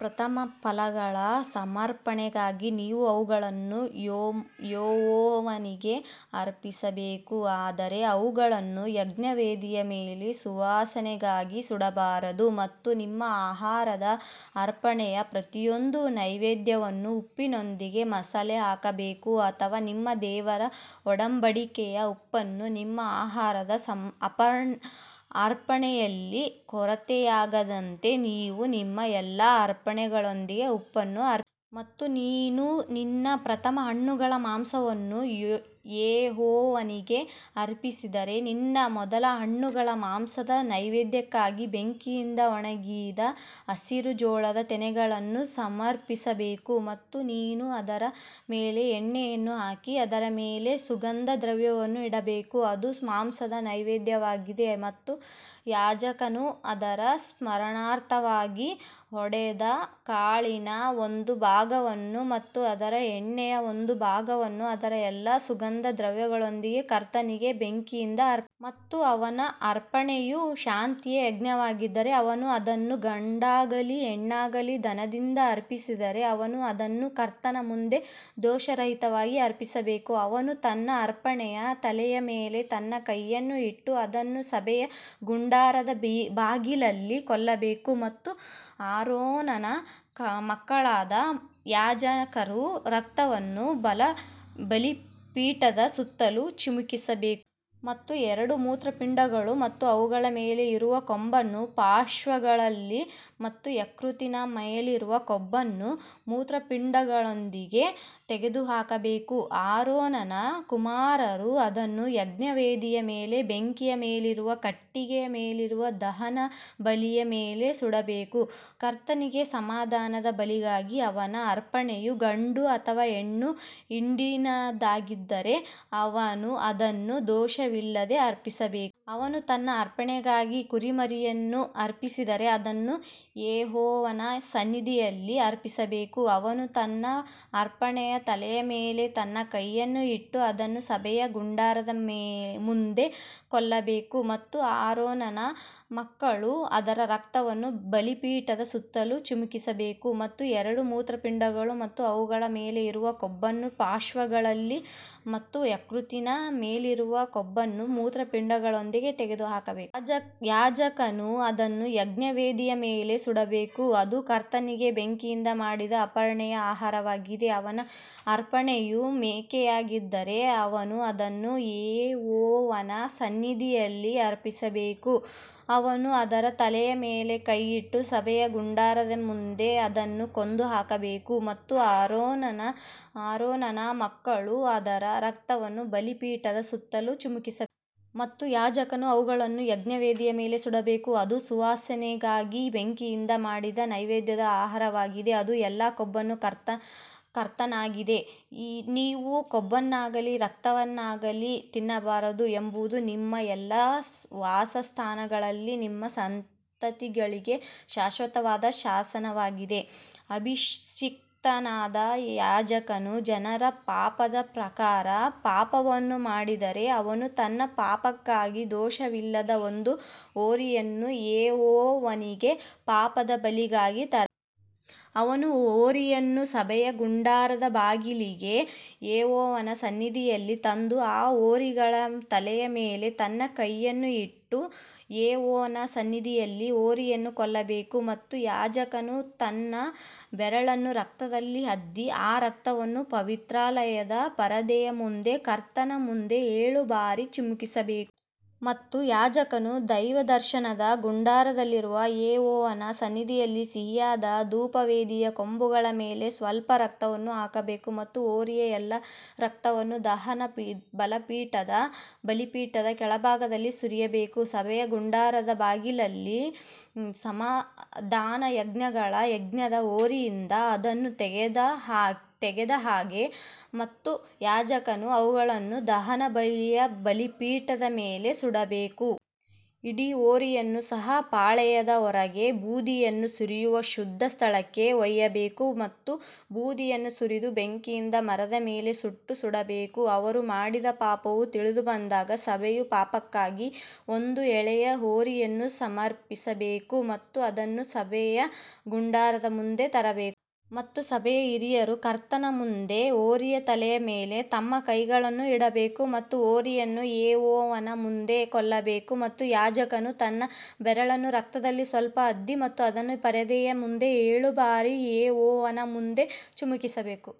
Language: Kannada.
ಪ್ರಪ್ರಥಮ ಫಲಗಳ ಸಮರ್ಪಣೆಗಾಗಿ ನೀವು ಅವುಗಳನ್ನು ಯೆಹೋವನಿಗೆ ಅರ್ಪಿಸಬೇಕು ಆದರೆ ಅವುಗಳನ್ನು ಯಜ್ಞವೇದಿಯ ಮೇಲೆ ಸುವಾಸನೆಗಾಗಿ ಸುಡಬಾರದು. ಮತ್ತು ನಿಮ್ಮ ಆಹಾರದ ಅರ್ಪಣೆಯ ಪ್ರತಿಯೊಂದು ನೈವೇದ್ಯವನ್ನು ಉಪ್ಪಿನೊಂದಿಗೆ ಮಸಾಲೆ ಹಾಕಬೇಕು ಅಥವಾ ನಿಮ್ಮ ದೇವರ ಒಡಂಬಡಿಕೆಯ ಉಪ್ಪನ್ನು ನಿಮ್ಮ ಆಹಾರದ ಅರ್ಪಣೆಯಲ್ಲಿ ಕೊರತೆಯಾಗದಂತೆ ನೀವು ನಿಮ್ಮ ಎಲ್ಲಾ ಅರ್ಪಣೆಗಳೊಂದಿಗೆ ಉಪ್ಪನ್ನು ಮತ್ತು ನೀನು ನಿನ್ನ ಪ್ರಥಮ ಹಣ್ಣುಗಳ ಮಾಂಸವನ್ನು ಯೆಹೋವನಿಗೆ ಅರ್ಪಿಸಿದರೆ, ನಿನ್ನ ಮೊದಲ ಹಣ್ಣುಗಳ ಮಾಂಸದ ನೈವೇದ್ಯಕ್ಕಾಗಿ ಬೆಂಕಿಯಿಂದ ಒಣಗಿದ ಹಸಿರು ಜೋಳದ ತೆನೆಗಳನ್ನು ಸಮರ್ಪಿಸಬೇಕು. ಮತ್ತು ನೀನು ಅದರ ಮೇಲೆ ಎಣ್ಣೆಯನ್ನು ಹಾಕಿ ಅದರ ಮೇಲೆ ಸುಗಂಧ ದ್ರವ್ಯವನ್ನು ಇಡಬೇಕು ಅದು ಮಾಂಸದ ನೈವೇದ್ಯವಾಗಿದೆ ಮತ್ತು ಯಾಜಕನು ಅದರ ಸ್ಮರಣಾರ್ಥವಾಗಿ ಹೊಡೆದ ಕಾಳಿನ ಒಂದು ಭಾಗವನ್ನು ಮತ್ತು ಅದರ ಎಣ್ಣೆಯ ಒಂದು ಭಾಗವನ್ನು ಅದರ ಎಲ್ಲಾ ಸುಗಂಧ ದ್ರವ್ಯಗಳೊಂದಿಗೆ ಕರ್ತನಿಗೆ ಬೆಂಕಿಯಿಂದ ಮತ್ತು ಅವನ ಅರ್ಪಣೆಯು ಶಾಂತಿಯ ಯಜ್ಞವಾಗಿದ್ದರೆ ಅವನು ಅದನ್ನು ಗಂಡಾಗಲಿ ಹೆಣ್ಣಾಗಲಿ ದನದಿಂದ ಅರ್ಪಿಸಿದರೆ ಅವನು ಅದನ್ನು ಕರ್ತನ ಮುಂದೆ ದೋಷರಹಿತವಾಗಿ ಅರ್ಪಿಸಬೇಕು. ಅವನು ತನ್ನ ಅರ್ಪಣೆಯ ತಲೆಯ ಮೇಲೆ ತನ್ನ ಕೈಯನ್ನು ಇಟ್ಟು ಅದನ್ನು ಸಭೆಯ ಗುಡಾರದ ಬಾಗಿಲಲ್ಲಿ ಕೊಲ್ಲಬೇಕು ಮತ್ತು ಆರೋನನ ಮಕ್ಕಳಾದ ಯಾಜಕರು ರಕ್ತವನ್ನು ಬಲಿಪೀಠದ ಸುತ್ತಲೂ ಚಿಮುಕಿಸಬೇಕು. ಮತ್ತು ಎರಡು ಮೂತ್ರಪಿಂಡಗಳು ಮತ್ತು ಅವುಗಳ ಮೇಲೆ ಇರುವ ಕೊಬ್ಬನ್ನು ಪಾರ್ಶ್ವಗಳಲ್ಲಿ ಮತ್ತು ಯಕೃತ್ತಿನ ಮೇಲಿರುವ ಕೊಬ್ಬನ್ನು ಮೂತ್ರಪಿಂಡಗಳೊಂದಿಗೆ ತೆಗೆದುಹಾಕಬೇಕು. ಆರೋನನ ಕುಮಾರರು ಅದನ್ನು ಯಜ್ಞವೇದಿಯ ಮೇಲೆ ಬೆಂಕಿಯ ಮೇಲಿರುವ ಕಟ್ಟಿಗೆಯ ಮೇಲಿರುವ ದಹನಬಲಿಯ ಮೇಲೆ ಸುಡಬೇಕು. ಕರ್ತನಿಗೆ ಸಮಾಧಾನದ ಬಲಿಗಾಗಿ ಅವನ ಅರ್ಪಣೆಯು ಗಂಡು ಅಥವಾ ಹೆಣ್ಣು ಹಿಂಡಿನದ್ದಾಗಿದ್ದರೆ ಅವನು ಅದನ್ನು ದೋಷವಿಲ್ಲದೆ ಅರ್ಪಿಸಬೇಕು. ಅವನು ತನ್ನ ಅರ್ಪಣೆಗಾಗಿ ಕುರಿಮರಿಯನ್ನು ಅರ್ಪಿಸಿದರೆ ಅದನ್ನು ಯೆಹೋವನ ಸನ್ನಿಧಿಯಲ್ಲಿ ಅರ್ಪಿಸಬೇಕು ಅವನು ತನ್ನ ಅರ್ಪಣೆಯ ತಲೆಯ ಮೇಲೆ ತನ್ನ ಕೈಯನ್ನು ಇಟ್ಟು ಅದನ್ನು ಸಭೆಯ ಗುಡಾರದ ಮುಂದೆ ಕೊಲ್ಲಬೇಕು ಮತ್ತು ಆರೋನನ ಮಕ್ಕಳು ಅದರ ರಕ್ತವನ್ನು ಬಲಿಪೀಠದ ಸುತ್ತಲೂ ಚಿಮುಕಿಸಬೇಕು. ಮತ್ತು ಎರಡು ಮೂತ್ರಪಿಂಡಗಳು ಮತ್ತು ಅವುಗಳ ಮೇಲೆ ಇರುವ ಕೊಬ್ಬನ್ನು ಪಾರ್ಶ್ವಗಳಲ್ಲಿ ಮತ್ತು ಯಕೃತ್ತಿನ ಮೇಲಿರುವ ಕೊಬ್ಬನ್ನು ಮೂತ್ರಪಿಂಡಗಳೊಂದಿಗೆ ತೆಗೆದುಹಾಕಬೇಕು. ಯಾಜಕನು ಅದನ್ನು ಯಜ್ಞವೇದಿಯ ಮೇಲೆ ಸುಡಬೇಕು ಅದು ಕರ್ತನಿಗೆ ಬೆಂಕಿಯಿಂದ ಮಾಡಿದ ಅರ್ಪಣೆಯ ಆಹಾರವಾಗಿದೆ. ಅವನ ಅರ್ಪಣೆಯು ಮೇಕೆಯಾಗಿದ್ದರೆ ಅವನು ಅದನ್ನು ಯೆಹೋವನ ಸನ್ನಿಧಿಯಲ್ಲಿ ಅರ್ಪಿಸಬೇಕು ಅವನು ಅದರ ತಲೆಯ ಮೇಲೆ ಕೈಯಿಟ್ಟು ಸಭೆಯ ಗುಡಾರದ ಮುಂದೆ ಅದನ್ನು ಕೊಂದು ಹಾಕಬೇಕು ಮತ್ತು ಆರೋನನ ಮಕ್ಕಳು ಅದರ ರಕ್ತವನ್ನು ಬಲಿಪೀಠದ ಸುತ್ತಲೂ ಚಿಮುಕಿಸಬೇಕು. ಮತ್ತು ಯಾಜಕನು ಅವುಗಳನ್ನು ಯಜ್ಞವೇದಿಯ ಮೇಲೆ ಸುಡಬೇಕು, ಅದು ಸುವಾಸನೆಗಾಗಿ ಬೆಂಕಿಯಿಂದ ಮಾಡಿದ ನೈವೇದ್ಯದ ಆಹಾರವಾಗಿದೆ, ಅದು ಎಲ್ಲಾ ಕೊಬ್ಬನ್ನು ಕರ್ತನಾಗಿದೆ. ನೀವು ಕೊಬ್ಬನ್ನಾಗಲಿ ರಕ್ತವನ್ನಾಗಲಿ ತಿನ್ನಬಾರದು ಎಂಬುದು ನಿಮ್ಮ ಎಲ್ಲಾ ವಾಸಸ್ಥಾನಗಳಲ್ಲಿ ನಿಮ್ಮ ಸಂತತಿಗಳಿಗೆ ಶಾಶ್ವತವಾದ ಶಾಸನವಾಗಿದೆ. ಅಭಿಷಿಕ್ತನಾದ ಯಾಜಕನು ಜನರ ಪಾಪದ ಪ್ರಕಾರ ಪಾಪವನ್ನು ಮಾಡಿದರೆ ಅವನು ತನ್ನ ಪಾಪಕ್ಕಾಗಿ ದೋಷವಿಲ್ಲದ ಒಂದು ಹೋರಿಯನ್ನು ಯೆಹೋವನಿಗೆ ಪಾಪದ ಬಲಿಗಾಗಿ ತರಲಿ. ಅವನು ಹೋರಿಯನ್ನು ಸಭೆಯ ಗುಡಾರದ ಬಾಗಿಲಿಗೆ ಯೆಹೋವನ ಸನ್ನಿಧಿಯಲ್ಲಿ ತಂದು ಆ ಹೋರಿಗಳ ತಲೆಯ ಮೇಲೆ ತನ್ನ ಕೈಯನ್ನು ಇಟ್ಟು ಯೆಹೋವನ ಸನ್ನಿಧಿಯಲ್ಲಿ ಹೋರಿಯನ್ನು ಕೊಲ್ಲಬೇಕು. ಮತ್ತು ಯಾಜಕನು ತನ್ನ ಬೆರಳನ್ನು ರಕ್ತದಲ್ಲಿ ಅದ್ದಿ ಆ ರಕ್ತವನ್ನು ಪವಿತ್ರಾಲಯದ ಪರದೆಯ ಮುಂದೆ ಕರ್ತನ ಮುಂದೆ ಏಳು ಬಾರಿ ಚಿಮುಕಿಸಬೇಕು. ಮತ್ತು ಯಾಜಕನು ದೇವದರ್ಶನದ ಗುಡಾರದಲ್ಲಿರುವ ಯೆಹೋವನ ಸನ್ನಿಧಿಯಲ್ಲಿ ಸಿಹಿಯಾದ ಧೂಪವೇದಿಯ ಕೊಂಬುಗಳ ಮೇಲೆ ಸ್ವಲ್ಪ ರಕ್ತವನ್ನು ಹಾಕಬೇಕು ಮತ್ತು ಹೋರಿಯ ಎಲ್ಲಾ ರಕ್ತವನ್ನು ದಹನ ಬಲಿಪೀಠದ ಕೆಳಭಾಗದಲ್ಲಿ ಸುರಿಯಬೇಕು. ಸಭೆಯ ಗುಡಾರದ ಬಾಗಿಲಲ್ಲಿ ಸಮಾಧಾನಯಜ್ಞಗಳ ಯಜ್ಞದ ಹೋರಿಯಿಂದ ಅದನ್ನು ತೆಗೆದ ಹಾಗೆ ಮತ್ತು ಯಾಜಕನು ಅವುಗಳನ್ನು ದಹನಬಲಿಯ ಬಲಿಪೀಠದ ಮೇಲೆ ಸುಡಬೇಕು. ಇಡೀ ಹೋರಿಯನ್ನು ಸಹ ಪಾಳೆಯದ ಹೊರಗೆ ಬೂದಿಯನ್ನು ಸುರಿಯುವ ಶುದ್ಧ ಸ್ಥಳಕ್ಕೆ ಒಯ್ಯಬೇಕು ಮತ್ತು ಬೂದಿಯನ್ನು ಸುರಿದು ಬೆಂಕಿಯಿಂದ ಮರದ ಮೇಲೆ ಸುಟ್ಟು ಸುಡಬೇಕು. ಅವರು ಮಾಡಿದ ಪಾಪವು ತಿಳಿದುಬಂದಾಗ ಸಭೆಯು ಪಾಪಕ್ಕಾಗಿ ಒಂದು ಎಳೆಯ ಹೋರಿಯನ್ನು ಸಮರ್ಪಿಸಬೇಕು ಮತ್ತು ಅದನ್ನು ಸಭೆಯ ಗುಡಾರದ ಮುಂದೆ ತರಬೇಕು. ಮತ್ತು ಸಭೆಯ ಹಿರಿಯರು ಕರ್ತನ ಮುಂದೆ ಹೋರಿಯ ತಲೆಯ ಮೇಲೆ ತಮ್ಮ ಕೈಗಳನ್ನು ಇಡಬೇಕು ಮತ್ತು ಹೋರಿಯನ್ನು ಯೆಹೋವನ ಮುಂದೆ ಕೊಲ್ಲಬೇಕು. ಮತ್ತು ಯಾಜಕನು ತನ್ನ ಬೆರಳನ್ನು ರಕ್ತದಲ್ಲಿ ಸ್ವಲ್ಪ ಅದ್ದಿ ಮತ್ತು ಅದನ್ನು ಪರದೆಯ ಮುಂದೆ ಏಳು ಬಾರಿ ಯೆಹೋವನ ಮುಂದೆ ಚಿಮುಕಿಸಬೇಕು.